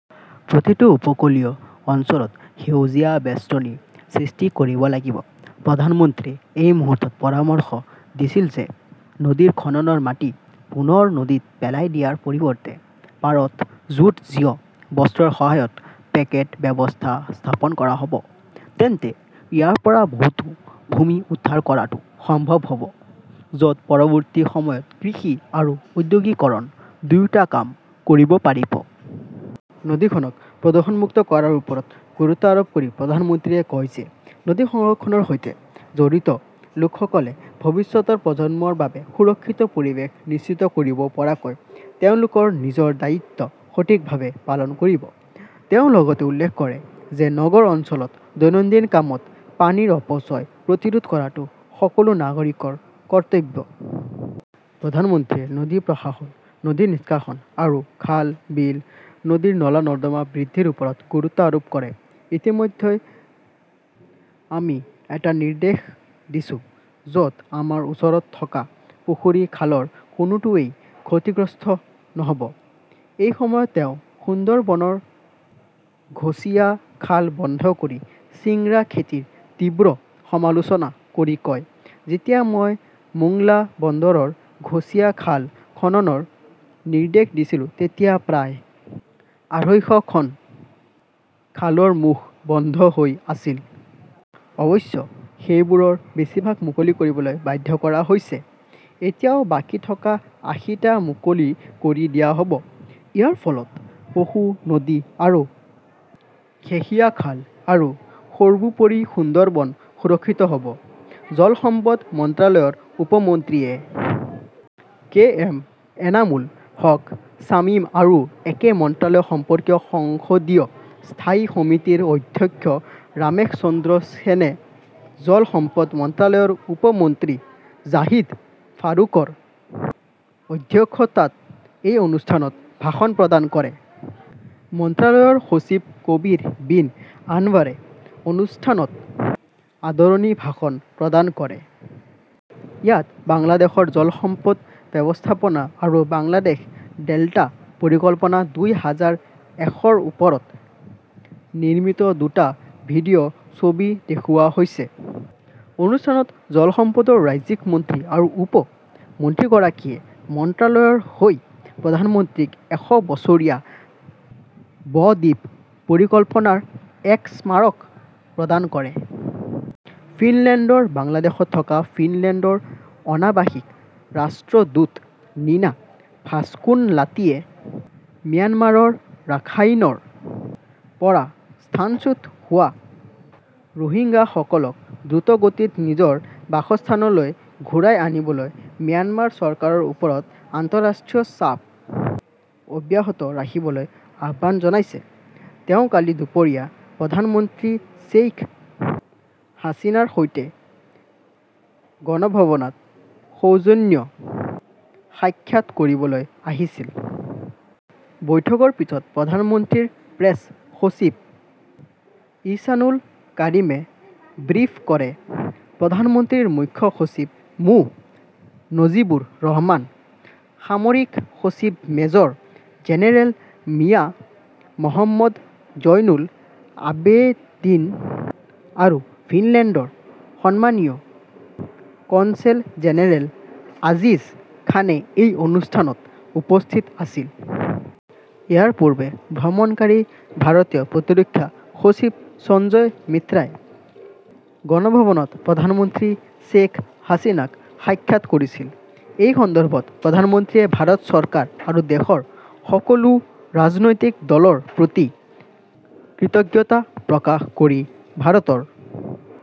প্ৰতিটো উপকূলীয় অঞ্চলত সেউজীয়া বেষ্টনী সৃষ্টি কৰিব লাগিব। "প্ৰধানমন্ত্ৰী" এই মুহূৰ্তত পৰামৰ্শ দিছিল যে নদীৰ খননৰ মাটি পুনৰ নদীত পেলাই দিয়াৰ পৰিৱৰ্তে পাৰত জুট জিঅ' বস্ত্ৰৰ সহায়ত পেকেট ব্যৱস্থা স্থাপন কৰা হ'ব, তেন্তে ইয়াৰ পৰা বহুতো ভূমি উদ্ধাৰ কৰাটো সম্ভৱ হ'ব য'ত পৰৱৰ্তী সময়ত কৃষি আৰু ঔদ্যোগিকৰণ দুয়োটা কাম কৰিব পাৰিব। নদীখনক প্ৰদূষণমুক্ত কৰাৰ ওপৰত গুৰুত্ব আৰোপ কৰি প্ৰধানমন্ত্ৰীয়ে কয় যে নদী সংৰক্ষণৰ সৈতে জড়িত লোকসকলে ভৱিষ্যতৰ প্ৰজন্মৰ বাবে সুৰক্ষিত পৰিৱেশ নিশ্চিত কৰিব পৰাকৈ তেওঁলোকৰ নিজৰ দায়িত্ব সঠিকভাৱে পালন কৰিব। তেওঁ লগতে উল্লেখ কৰে যে নগৰ অঞ্চলত দৈনন্দিন কামত পানীৰ অপচয় প্ৰতিৰোধ কৰাটো সকলো নাগৰিকৰ কৰ্তব্য। প্ৰধানমন্ত্ৰীয়ে নদী প্ৰশাসন, নদী নিষ্কাশন আৰু খাল, বিল, নদীৰ নলা-নৰ্দমা বৃদ্ধিৰ ওপৰত গুৰুত্ব আৰোপ কৰে। ইতিমধ্যেই আমি এটা নিৰ্দেশ দিছো, য'ত আমাৰ ওচৰত থকা পুখুৰী-খালৰ কোনোটোৱেই ক্ষতিগ্ৰস্ত নহব। এই সময়ত তেওঁ সুন্দৰবনৰ ঘছিয়া খাল বন্ধ কৰি চিংৰা খেতিৰ তীব্ৰ সমালোচনা কৰি কয়, "যেতিয়া মই মোংলা বন্দৰৰ ঘছিয়া খাল খননৰ নিৰ্দেশ দিছিলো তেতিয়া প্ৰায় আঢ়ৈশখন খালৰ মুখ বন্ধ হৈ আছিল। অৱশ্য, সেইবোৰৰ বেছিভাগ মুকলি কৰিবলৈ বাধ্য কৰা হৈছে। এতিয়াও বাকী থকা আশীটা মুকলি কৰি দিয়া হ'ব। ইয়াৰ ফলত পশু নদী আৰু ঘেশিয়া খাল আৰু সৰ্বোপৰি সুন্দৰবন সুৰক্ষিত হ'ব। জল সম্পদ মন্ত্ৰালয়ৰ উপ মন্ত্ৰী A. K. M. Enamul Haque Shamim আৰু একে মন্ত্ৰালয় সম্পৰ্কীয় সংসদীয় স্থায়ী সমিতিৰ অধ্যক্ষ ৰামেশ চন্দ্ৰ সেনে জল সম্পদ মন্ত্ৰালয়ৰ উপ মন্ত্ৰী জাহিদ ফাৰুকৰ অধ্যক্ষতাত এই অনুষ্ঠানত ভাষণ প্ৰদান কৰে। মন্ত্ৰালয়ৰ সচিব কবীৰ বিন আনৱাৰে অনুষ্ঠানত আদৰণি ভাষণ প্ৰদান কৰে। ইয়াত বাংলাদেশৰ জল সম্পদ ব্যৱস্থাপনা আৰু বাংলাদেশ ডেল্টা পৰিকল্পনা দুই হাজাৰ এশৰ ওপৰত নিৰ্মিত দুটা ভিডিঅ ছবি দেখুওৱা হৈছে। অনুষ্ঠানত জল সম্পদৰ ৰাজ্যিক মন্ত্ৰী আৰু উপ মন্ত্ৰীগৰাকীয়ে মন্ত্ৰালয়ৰ হৈ প্ৰধানমন্ত্ৰীক এশ বছৰীয়া ব-দ্বীপ পৰিকল্পনাৰ "এক স্মাৰক" প্ৰদান কৰে। ফিনলেণ্ডৰ বাংলাদেশত থকা ফিনলেণ্ডৰ অনাবাসিক ৰাষ্ট্ৰদূত নিনা ভাস্কুনলাতীয়ে ম্যানমাৰৰ ৰাখাইনৰ পৰা স্থানচ্যুত হোৱা ৰোহিংগাসকলক দ্ৰুতগতিত নিজৰ বাসস্থানলৈ ঘূৰাই আনিবলৈ ম্যানমাৰ চৰকাৰৰ ওপৰত আন্তঃৰাষ্ট্ৰীয় চাপ অব্যাহত ৰাখিবলৈ আহ্বান জনাইছে। তেওঁ কালি দুপৰীয়া প্ৰধানমন্ত্ৰী শ্বেইখ হাছিনাৰ সৈতে গণভৱনত সৌজন্য সাক্ষাৎ কৰিবলৈ আহিছিল। বৈঠকৰ পিছত প্ৰধানমন্ত্ৰীৰ প্ৰেছ সচিব ইহছানুল কাৰিমে ব্ৰিফ কৰে। প্ৰধানমন্ত্ৰীৰ মুখ্য সচিব মো. নজিবুৰ ৰহমান, সামৰিক সচিব মেজৰ জেনেৰেল মিয়া মহম্মদ জয়নুল আবেদিন আৰু ফিনলেণ্ডৰ সন্মানীয় কনছেল জেনেৰেল আজিজ খানে এই অনুষ্ঠানত উপস্থিত আছিল। ইয়াৰ পূৰ্বে ভ্ৰমণকাৰী ভাৰতীয় প্ৰতিৰক্ষা সচিব সঞ্জয় মিত্ৰাই গণভৱনত প্ৰধানমন্ত্ৰী শ্বেখ হাছিনাক সাক্ষাৎ কৰিছিল। এই সন্দৰ্ভত প্ৰধানমন্ত্ৰীয়ে ভাৰত চৰকাৰ আৰু দেশৰ সকলো ৰাজনৈতিক দলৰ প্ৰতি কৃতজ্ঞতা প্ৰকাশ কৰি ভাৰতৰ